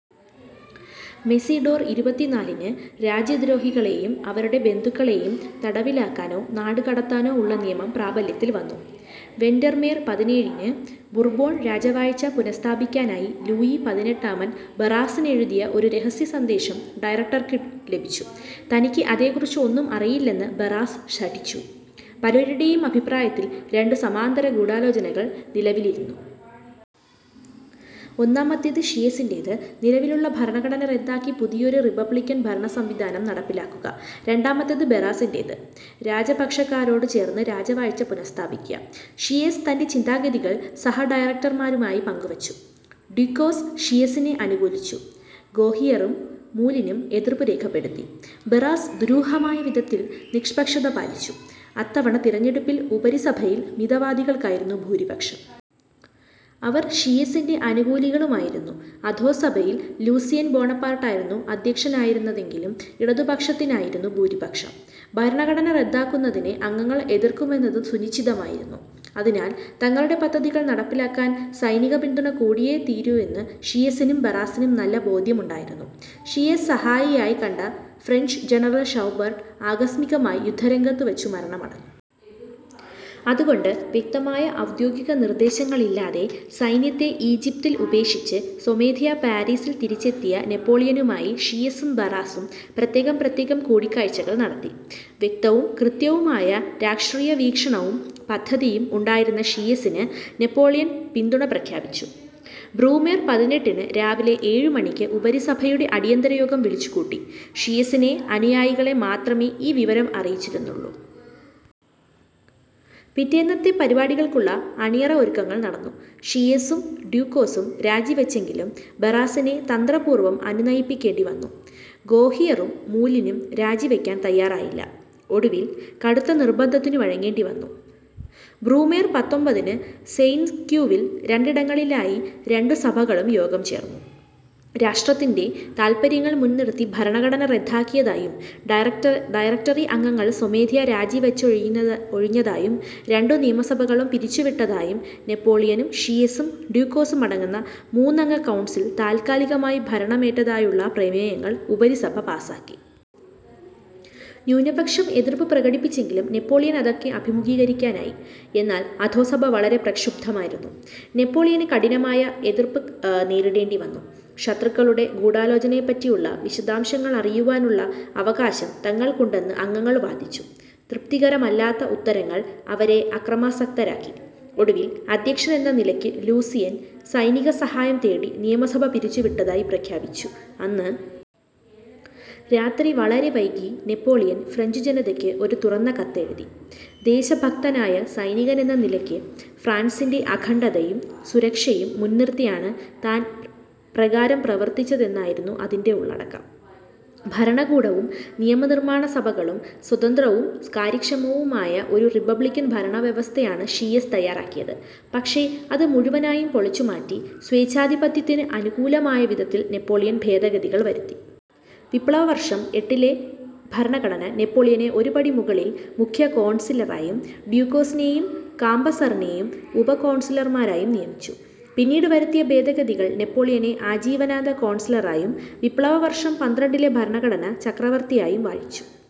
Mesidor ഇരുപത്തിനാലിന് രാജ്യദ്രോഹികളേയും അവരുടെ ബന്ധുക്കളേയും തടവിലാക്കാനോ നാടുകടത്താനോ ഉള്ള നിയമം പ്രാബല്യത്തിൽ വന്നു. വെൻഡർമേർ പതിനേഴിന് ബുർബോൺ രാജവാഴ്ച പുനഃസ്ഥാപിക്കാനായി ലൂയി പതിനെട്ടാമൻ ബറാസിനെഴുതിയ ഒരു രഹസ്യസന്ദേശം ഡയറക്റ്റർക്ക് ലഭിച്ചു. തനിക്ക് അതേക്കുറിച്ച് ഒന്നും അറിയില്ലെന്ന് ബറാസ് ശഠിച്ചു. പലരുടെയും അഭിപ്രായത്തിൽ, രണ്ടു സമാന്തര ഗൂഢാലോചനകൾ നിലവിലിരുന്നു. ഒന്നാമത്തേത് ഷീയെസിന്റേത് നിലവിലുള്ള ഭരണഘടന റദ്ദാക്കി പുതിയൊരു റിപ്പബ്ലിക്കൻ ഭരണസംവിധാനം നടപ്പിലാക്കുക. രണ്ടാമത്തേത് ബറാസിന്റേത് രാജപക്ഷക്കാരോടു ചേർന്ന് രാജവാഴ്ച പുനഃസ്ഥാപിക്ക. ഷീയെസ് തൻ്റെ ചിന്താഗതികൾ സഹഡയറക്റ്റർമാരുമായി പങ്കുവച്ചു. ഡിക്കോസ് ഷീയെസിനെ അനുകൂലിച്ചു, ഗോഹിയറും മൂലിനും എതിർപ്പു രേഖപ്പെടുത്തി. ബറാസ് ദുരൂഹമായ വിധത്തിൽ നിഷ്പക്ഷത പാലിച്ചു. അത്തവണത്തെ തിരഞ്ഞെടുപ്പിൽ ഉപരിസഭയിൽ മിതവാദികൾക്കായിരുന്നു ഭൂരിപക്ഷം. അവർ ഷീയെസിൻ്റെ അനുകൂലികളുമായിരുന്നു. അധോസഭയിൽ ലൂസിയൻ ബോണപാർട്ടായിരുന്നു അധ്യക്ഷനായിരുന്നതെങ്കിലും, ഇടതുപക്ഷത്തിനായിരുന്നു ഭൂരിപക്ഷം. ഭരണഘടന റദ്ദാക്കുന്നതിനെ അംഗങ്ങൾ എതിർക്കുമെന്നതും സുനിശ്ചിതമായിരുന്നു. അതിനാൽ തങ്ങളുടെ പദ്ധതികൾ നടപ്പിലാക്കാൻ സൈനികപിന്തുണ കൂടിയേ തീരൂവെന്ന് ഷീയെസിനും ബറാസിനും നല്ല ബോധ്യമുണ്ടായിരുന്നു. ഷീയെസ് സഹായിയായി കണ്ട ഫ്രഞ്ച് ജനറൽ ഷൗബർട്ട് ആകസ്മികമായി യുദ്ധരംഗത്തുവച്ച് മരണമടഞ്ഞു. അതുകൊണ്ട്, വ്യക്തമായ ഔദ്യോഗിക നിർദ്ദേശങ്ങളില്ലാതെ സൈന്യത്തെ ഈജിപ്തിൽ ഉപേക്ഷിച്ച് സ്വമേധിയാ പാരീസിൽ തിരിച്ചെത്തിയ നെപ്പോളിയനുമായി ഷീയെസും ബറാസും പ്രത്യേകം പ്രത്യേകം കൂടിക്കാഴ്ചകൾ നടത്തി. വ്യക്തവും കൃത്യവുമായ രാഷ്ട്രീയവീക്ഷണവും പദ്ധതിയും ഉണ്ടായിരുന്ന ഷീയെസിന് നെപ്പോളിയൻ പിന്തുണ പ്രഖ്യാപിച്ചു. ബ്രൂമേർ പതിനെട്ടിന് രാവിലെ ഏഴുമണിക്ക് ഉപരിസഭയുടെ അടിയന്തരയോഗം വിളിച്ചുകൂട്ടി. ഷീയെസിൻ്റെ അനുയായികളെ മാത്രമേ ഈ വിവരം അറിയിച്ചിരുന്നൊള്ളൂ. പിറ്റേന്നത്തെ പരിപാടികൾക്കുള്ള അണിയറ ഒരുക്കങ്ങൾ നടന്നു. ഷീയെസും ഡൂക്കോസും രാജിവച്ചെങ്കിലും, ബറാസിനെ തന്ത്രപൂർവം അനുനയിപ്പിക്കേണ്ടിവന്നു. ഗോഹിയറും മൂലിനും രാജിവയ്ക്കാൻ തയ്യാറായില്ല. ഒടുവിൽ കടുത്ത നിർബന്ധത്തിനു വഴങ്ങേണ്ടിവന്നു. ബ്രൂമേർ പത്തൊൻപതിന് സെയ്ന്റ് ക്യൂ വിൽ രണ്ടിടങ്ങളിലായി രണ്ടു സഭകളും യോഗം ചേർന്നു. രാഷ്ട്രത്തിൻ്റെ താത്പര്യങ്ങൾ മുൻനിർത്തി ഭരണഘടന റദ്ദാക്കിയതായും, ഡയറക്റ്റർ ഡയറക്റ്ററി അംഗങ്ങൾ സ്വമീധിയാ രാജിവച്ചൊഴിഞ്ഞ ഒഴിഞ്ഞതായും, രണ്ടു നിയമസഭകളും പിരിച്ചുവിട്ടതായും, നെപ്പോളിയനും ഷീയെസും ഡൂക്കോസും അടങ്ങുന്ന മൂന്നംഗ കൗൺസിൽ താത്കാലികമായി ഭരണമേറ്റതായുമുള്ള പ്രമേയങ്ങൾ ഉപരിസഭ പാസാക്കി. ന്യൂനപക്ഷം എതിർപ്പു പ്രകടിപ്പിച്ചെങ്കിലും, നെപ്പോളിയന് അതൊക്കെ അഭിമുഖീകരിക്കാനായി. എന്നാൽ അധോസഭ വളരെ പ്രക്ഷുബ്ധമായിരുന്നു. നെപ്പോളിയന് കഠിനമായ എതിർപ്പ് നേരിടേണ്ടിവന്നു. ശത്രുക്കളുടെ ഗൂഢാലോചനയെപ്പറ്റിയുള്ള വിശദാംശങ്ങൾ അറിയുവാനുള്ള അവകാശം തങ്ങൾക്കുണ്ടെന്ന് അംഗങ്ങൾ വാദിച്ചു. തൃപ്തികരമല്ലാത്ത ഉത്തരങ്ങൾ അവരെ അക്രമാസക്തരാക്കി. ഒടുവിൽ, അധ്യക്ഷനെന്ന നിലയ്ക്ക് ലൂസിയൻ സൈനികസഹായം തേടി നിയമസഭ പിരിച്ചുവിട്ടതായി പ്രഖ്യാപിച്ചു. അന്ന് രാത്രി വളരെ വൈകി നെപ്പോളിയൻ ഫ്രഞ്ചുജനതയ്ക്ക് ഒരു തുറന്ന കത്തെഴുതി. ദേശഭക്തനായ സൈനികനെന്ന നിലയ്ക്ക് ഫ്രാൻസിൻ്റെ അഖണ്ഡതയും സുരക്ഷയും മുൻനിർത്തിയാണ് താൻപ്രകാരം പ്രവർത്തിച്ചതെന്നായിരുന്നു അതിൻ്റെ ഉള്ളടക്കം. ഭരണകൂടവും നിയമനിർമ്മാണസഭകളും സ്വതന്ത്രവും കാര്യക്ഷമവുമായ ഒരു റിപ്പബ്ലിക്കൻ ഭരണവ്യവസ്ഥയാണ് ഷീയെസ് തയ്യാറാക്കിയത്. പക്ഷേ, അത് മുഴുവനായും പൊളിച്ചുമാറ്റി, സ്വേച്ഛാധിപത്യത്തിന് അനുകൂലമായ വിധത്തിൽ നെപ്പോളിയൻ ഭേദഗതികൾ വരുത്തി. വിപ്ലവവർഷം എട്ടിലെ ഭരണഘടന നെപ്പോളിയനെ ഒരു പടി മുകളിൽ മുഖ്യ കോൺസിലറായും, ഡൂക്കോസിനെയും കാംബസറസിനെയും ഉപകോൺസിലർമാരായും നിയമിച്ചു. പിന്നീട് വരുത്തിയ ഭേദഗതികൾ നെപ്പോളിയനെ ആജീവനാന്ത കോൺസിലറായും, വിപ്ലവവർഷം പന്ത്രണ്ടിലെ ഭരണഘടന ചക്രവർത്തിയായും വാഴിച്ചു.